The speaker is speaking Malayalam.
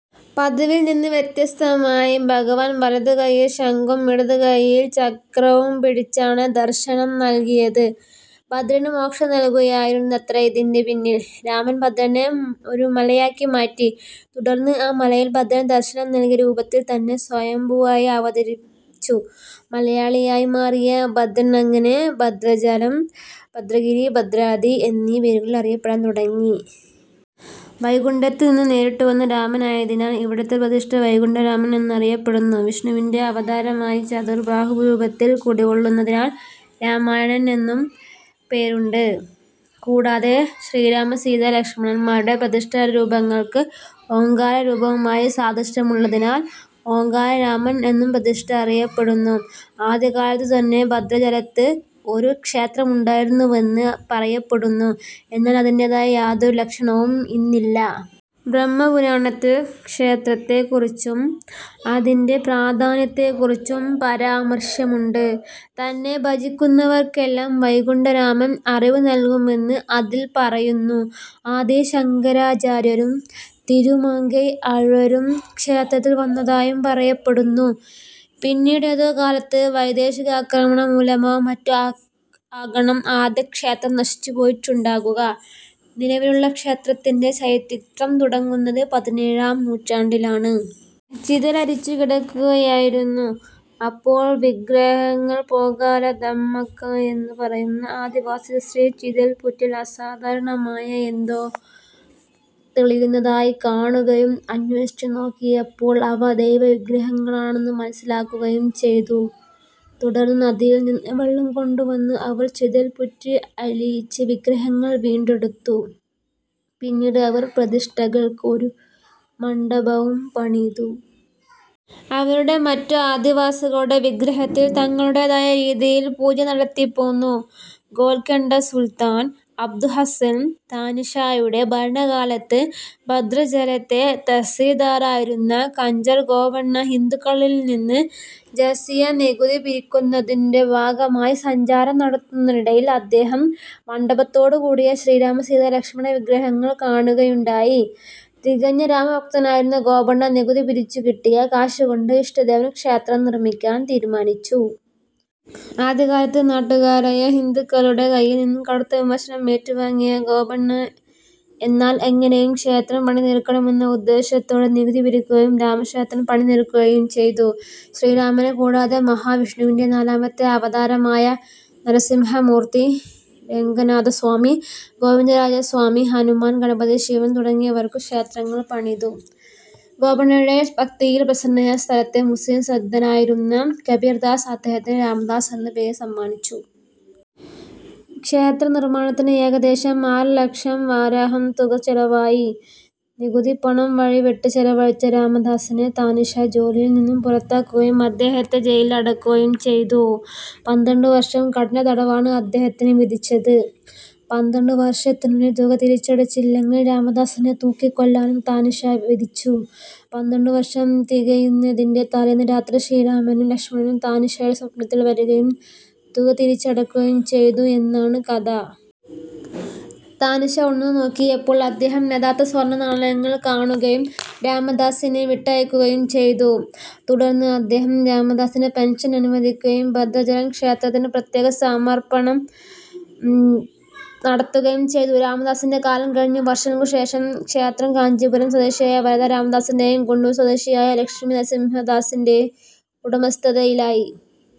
പതിവിൽ നിന്ന് വ്യത്യസ്തമായി ഭഗവാൻ വലതുകയ്യിൽ ശംഖും ഇടതുകയ്യിൽ ചക്രവും പിടിച്ചാണ് ദർശനം നൽകിയത്. ഭദ്രന് മോക്ഷം നൽകുകയായിരുന്നത്രേ ഇതിന്റെ പിന്നിൽ. രാമൻ ഭദ്രനെ ഒരു മലയാക്കി മാറ്റി. തുടർന്ന്, ആ മലയിൽ ഭദ്രന് ദർശനം നൽകിയ രൂപത്തിൽ തന്നെ സ്വയംഭൂവായി അവതരിച്ചു. മലയായി മാറിയ ഭദ്രൻ, അങ്ങനെ 'ഭദ്രാചലം', 'ഭദ്രഗിരി', 'ഭദ്രാദ്രി' എന്നീ പേരുകളിൽ അറിയപ്പെടാൻ തുടങ്ങി. വൈകുണ്ഠത്തിൽ നിന്ന് നേരിട്ടുവന്ന രാമനായതിനാൽ, ഇവിടത്തെ പ്രതിഷ്ഠ 'വൈകുണ്ഠ രാമൻ' എന്നറിയപ്പെടുന്നു. വിഷ്ണുവിന്റെ അവതാരമായി ചതുർബാഹുരൂപത്തിൽ കുടികൊള്ളുന്നതിനാൽ 'രാമനാരായണൻ' എന്നും പേരുണ്ട്. കൂടാതെ, ശ്രീരാമ-സീതാ-ലക്ഷ്മണന്മാരുടെ പ്രതിഷ്ഠാരൂപങ്ങൾക്ക് ഓംകാരരൂപവുമായി സാദൃശ്യമുള്ളതിനാൽ, 'ഓംകാരരാമൻ' എന്നും പ്രതിഷ്ഠ അറിയപ്പെടുന്നു. ആദ്യകാലത്തുതന്നെ ഭദ്രാചലത്ത് ഒരു ക്ഷേത്രമുണ്ടായിരുന്നുവെന്ന് പറയപ്പെടുന്നു. എന്നാൽ, അതിന്റേതായ യാതൊരു ലക്ഷണവും ഇന്നില്ല. ബ്രഹ്മപുരാണത്തിൽ ക്ഷേത്രത്തെക്കുറിച്ചും അതിന്റെ പ്രാധാന്യത്തെക്കുറിച്ചും പരാമർശമുണ്ട്. തന്നെ ഭജിയ്ക്കുന്നവർക്കെല്ലാം വൈകുണ്ഠരാമൻ അറിവു നൽകുമെന്ന് അതിൽ പറയുന്നു. ആദി ശങ്കരാചാര്യരും തിരുമങ്കൈ ആഴ്വാരും ക്ഷേത്രത്തിൽ വന്നതായും പറയപ്പെടുന്നു. പിന്നീടേതോ കാലത്ത് വൈദേശികാക്രമണം മൂലമോ മറ്റോ ആകണം ആദ്യക്ഷേത്രം നശിച്ചുപോയിട്ടുണ്ടാകുക. നിലവിലുള്ള ക്ഷേത്രത്തിന്റെ ചരിത്രം തുടങ്ങുന്നത് പതിനേഴാം നൂറ്റാണ്ടിലാണ്. ചിതലരിച്ചുകിടക്കുകയായിരുന്നു അപ്പോൾ വിഗ്രഹങ്ങൾ. പോകാല ദമ്മക്ക എന്നുപറയുന്ന ആദിവാസി സ്ത്രീ ചിതൽപ്പുറ്റിൽ അസാധാരണമായ എന്തോ തെളിയുന്നതായി കാണുകയും അന്വേഷിച്ചുനോക്കിയപ്പോൾ അവ ദൈവവിഗ്രഹങ്ങളാണെന്ന് മനസ്സിലാക്കുകയും ചെയ്തു. തുടർന്ന്, നദിയിൽ നിന്ന് വെള്ളം കൊണ്ടുവന്ന് അവർ ചിതൽപ്പുറ്റ് അലിയിച്ച് വിഗ്രഹങ്ങൾ വീണ്ടെടുത്തു. പിന്നീട് അവർ പ്രതിഷ്ഠകൾക്ക് ഒരു മണ്ഡപവും പണിതു. അവരും മറ്റ് ആദിവാസികളും വിഗ്രഹത്തിൽ തങ്ങളുടേതായ രീതിയിൽ പൂജ നടത്തിപ്പോന്നു. ഗോൽക്കൊണ്ട സുൽത്താൻ അബ്ദുഹസ്സൻ താനിഷായുടെ ഭരണകാലത്ത്, ഭദ്രാചലത്തെ തഹസിൽദാരായിരുന്ന കഞ്ചർല ഗോപണ്ണ ഹിന്ദുക്കളിൽ നിന്ന് ജസിയ നികുതി പിരിയ്ക്കുന്നതിന്റെ ഭാഗമായി സഞ്ചാരം നടത്തുന്നതിനിടയിൽ, അദ്ദേഹം മണ്ഡപത്തോടുകൂടിയ ശ്രീരാമ-സീതാ-ലക്ഷ്മണവിഗ്രഹങ്ങൾ കാണുകയുണ്ടായി. തികഞ്ഞ രാമഭക്തനായിരുന്ന ഗോപണ്ണ നികുതി പിരിച്ചുകിട്ടിയ കാശുകൊണ്ട് ഇഷ്ടദേവന് ക്ഷേത്രം നിർമ്മിയ്ക്കാൻ തീരുമാനിച്ചു. ആദ്യകാലത്ത് നാട്ടുകാരായ ഹിന്ദുക്കളുടെ കയ്യിൽ നിന്ന് കടുത്ത വിമർശനം ഏറ്റുവാങ്ങിയ ഗോപണ്ണ, എന്നാൽ എങ്ങനെയും ക്ഷേത്രം പണിതീർക്കണമെന്ന ഉദ്ദേശ്യത്തോടെ നികുതി പിരിയ്ക്കുകയും രാമക്ഷേത്രം പണിതുതീർക്കുകയും ചെയ്തു. ശ്രീരാമനെക്കൂടാതെ മഹാവിഷ്ണുവിന്റെ നാലാമത്തെ അവതാരമായ നരസിംഹമൂർത്തി, രംഗനാഥസ്വാമി, ഗോവിന്ദരാജസ്വാമി, ഹനുമാൻ, ഗണപതി, ശിവൻ തുടങ്ങിയവർക്കും ക്ഷേത്രങ്ങൾ പണിതു. ഗോപണ്ണയുടെ ഭക്തിയിൽ പ്രസന്നനായ സ്ഥലത്തെ മുസ്ലിം സിദ്ധനായിരുന്ന കബീർദാസ്, അദ്ദേഹത്തിന് 'രാമദാസ്' എന്ന പേര് സമ്മാനിച്ചു. ക്ഷേത്രനിർമ്മാണത്തിന് ഏകദേശം ആറുലക്ഷം വരാഹം തുക ചെലവായി. നികുതിപ്പണം വഴിവിട്ട് ചെലവഴിച്ച രാമദാസിനെ താനിഷാ ജോലിയിൽ നിന്ന് പുറത്താക്കുകയും അദ്ദേഹത്തെ ജയിലിൽ അടയ്ക്കുകയും ചെയ്തു. പന്ത്രണ്ടുവർഷം കഠിനതടവാണ് അദ്ദേഹത്തിന് വിധിച്ചത്. പന്ത്രണ്ടുവർഷത്തിനുള്ളിൽ തുക തിരിച്ചടച്ചില്ലെങ്കിൽ രാമദാസിനെ തൂക്കിക്കൊല്ലാനും താനിഷാ വിധിച്ചു. പന്ത്രണ്ടുവർഷം തികയുന്നതിന്റെ തലേന്ന് രാത്രി ശ്രീരാമനും ലക്ഷ്മണനും താനിഷായുടെ സ്വപ്നത്തിൽ വരികയും തുക തിരിച്ചടയ്ക്കുകയും ചെയ്തു എന്നാണ് കഥ. താനിഷാ ഉണർന്നുനോക്കിയപ്പോൾ അദ്ദേഹം യഥാർത്ഥ സ്വർണ്ണനാണയങ്ങൾ കാണുകയും രാമദാസിനെ വിട്ടയയ്ക്കുകയും ചെയ്തു. തുടർന്ന് അദ്ദേഹം രാമദാസിന് പെൻഷൻ അനുവദിയ്ക്കുകയും ഭദ്രാചലം ക്ഷേത്രത്തിന് പ്രത്യേക സമർപ്പണങ്ങൾ നടത്തുകയും ചെയ്തു. രാമദാസിന്റെ കാലം കഴിഞ്ഞ് വർഷങ്ങൾക്കുശേഷം, ക്ഷേത്രം കാഞ്ചീപുരം സ്വദേശിയായിരുന്ന വരദ രാമദാസിന്റെയും ഗുണ്ടൂർ സ്വദേശിയായിരുന്ന ലക്ഷ്മീനരസിംഹദാസിന്റെയും ഉടമസ്ഥതയിലായി.